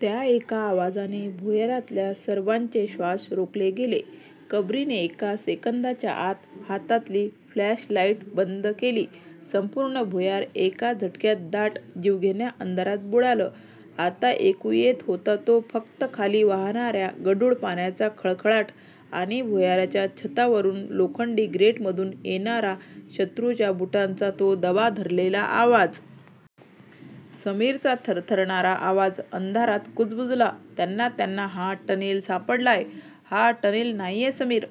त्या एका आवाजाने भुयारातल्या सर्वांचे श्वास रोखले गेले. कबीरने एका सेकंदाच्या आत हातातली फ्लॅशलाईट बंद केली. संपूर्ण भुयार एका झटक्यात दाट, जीवघेण्या अंधारात बुडालं. आता ऐकू येत होता तो फक्त खाली वाहणाऱ्या गढूळ पाण्याचा खळखळाट आणि भुयाराच्या छतावरून, लोखंडी ग्रेटमधून येणारा शत्रूच्या बुटांचा तो दबा धरलेला आवाज. समीरचा थरथरणारा आवाज अंधारात कुजबुजला, "त्यांना त्यांना हा टनेल सापडलाय. हा टनेल नाहीये समीर",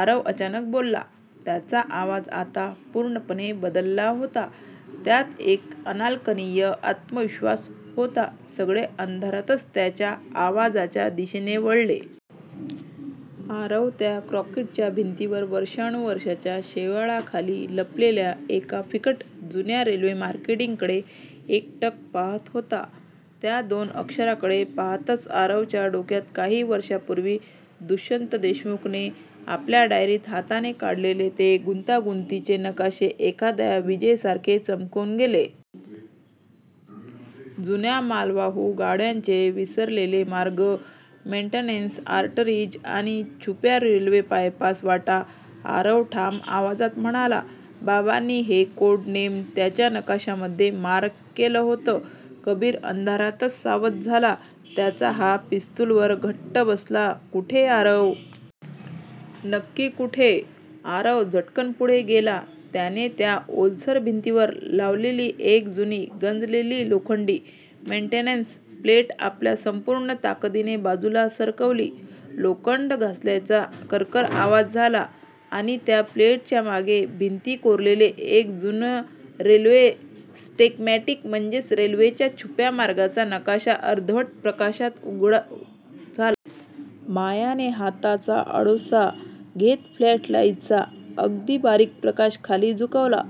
आरव अचानक बोलला. त्याचा आवाज आता पूर्णपणे बदलला होता. त्यात एक अनाकलनीय आत्मविश्वास होता. सगळे अंधारातच त्याच्या आवाजाच्या दिशेने वळले. आरव त्या काँक्रीटच्या भिंतीवर वर्षांनुवर्षांच्या शेवाळाखाली लपलेल्या एका फिकट, जुन्या रेल्वे मार्किंगकडे एकटक पाहत होता. त्या दोन अक्षरांकडे पाहताच आरवच्या डोक्यात काही वर्षांपूर्वी दुष्यंत देशमुखने आपल्या डायरीत हाताने काढलेले ते गुंतागुंतीचे नकाशे एखाद्या विजेसारखे चमकून गेले. जुन्या मालवाहू गाड्यांचे विसरलेले मार्ग मेंटेनन्स आर्टरीज आणि छुप्या रेल्वे बायपास वाटा. आरव ठाम आवाजात म्हणाला,"बाबांनी हे कोड नेम त्यांच्या नकाशामध्ये मार्क केलं होतं." कबीर अंधारातच सावध झाला, त्याचा हात पिस्तुलवर घट्ट बसला, "कुठे आरव? नक्की कुठे?" आरव झटकन पुढे गेला. त्याने त्या ओलसर भिंतीवर लावलेली एक जुनी, गंजलेली लोखंडी मेंटेनन्स प्लेट आपल्या संपूर्ण ताकदीने बाजूला सरकवली. लोखंड घासल्याचा करकर आवाज झाला आणि त्या प्लेटच्या मागे भिंतीत कोरलेलं एक जुनं रेल्वे स्केमॅटिक म्हणजेच रेल्वेच्या छुप्या मार्गांचा नकाशा अर्धवट प्रकाशात उघडा झाला. मायाने हाताचा आडोसा घेत फ्लॅशलाईटचा अगदी बारीक प्रकाश खाली झुकवला.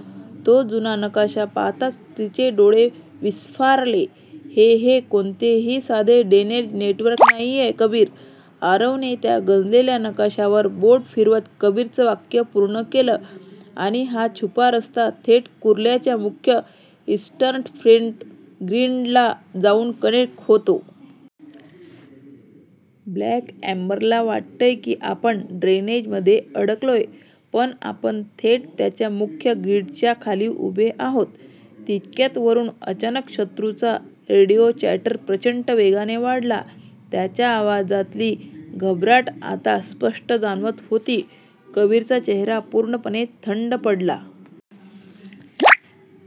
तो जुना नकाशा पाहताच तिचे डोळे विस्फारले, "हे हे कोणतंही साधे ड्रेनेज नेटवर्क नाहीये कबीर" आरवने त्या गंजलेल्या नकाशावर बोट फिरवत कबीरचं वाक्य पूर्ण केलं, आणि हा छुपा रस्ता थेट कुर्ल्याच्या मुख्य 'ईस्टर्न फ्रेट ग्रिड'ला जाऊन कनेक्ट होतो. ब्लॅक एम्बरला वाटतंय की आपण ड्रेनेजमध्ये अडकलोय, पण आपण थेट त्यांच्या मुख्य ग्रिडच्या खाली उभे आहोत. तितक्यात वरून अचानक शत्रूचा रेडिओ चॅटर प्रचंड वेगाने वाढला. त्यांच्या आवाजातली घबराट आता स्पष्ट जाणवत होती. कबीरचा चेहरा पूर्णपणे थंड पडला.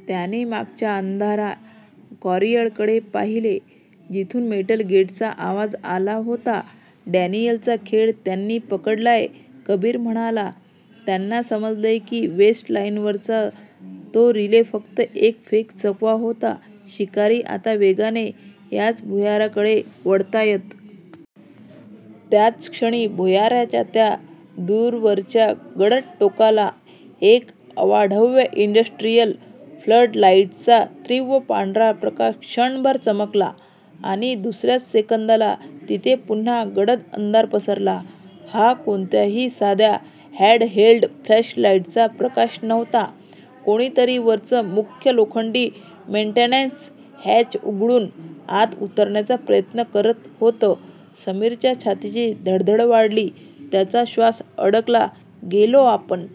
त्याने मागच्या अंधाऱ्या कॉरिडॉरकडे पाहिले, जिथून मेटल गेटचा आवाज आला होता. "डॅनियलचा खेळ त्यांनी पकडलाय," कबीर म्हणाला. "त्यांना समजलंय की वेस्ट लाईनवरचा तो रिले फक्त एक फेक चकवा होता. शिकारी आता वेगाने याच भुयाराकडे वळतायत." त्याच क्षणी भुयाराच्या त्या दूरवरच्या गडद टोकाला एका अवाढव्य इंडस्ट्रियल फ्लडलाईटचा तीव्र पांढरा प्रकाश क्षणभर चमचमला आणि दुसऱ्याच सेकंदाला तिथे पुन्हा गडद अंधार पसरला. हा कोणत्याही साध्या हँड-हेल्ड फ्लॅशलाईटचा प्रकाश नव्हता. कोणीतरी वरचं मुख्य लोखंडी मेन्टेनन्स हॅच उघडून आत उतरण्याचा प्रयत्न करत होतं. समीरच्या छातीची धडधड वाढली, त्याचा श्वास अडकला, गेलो आपण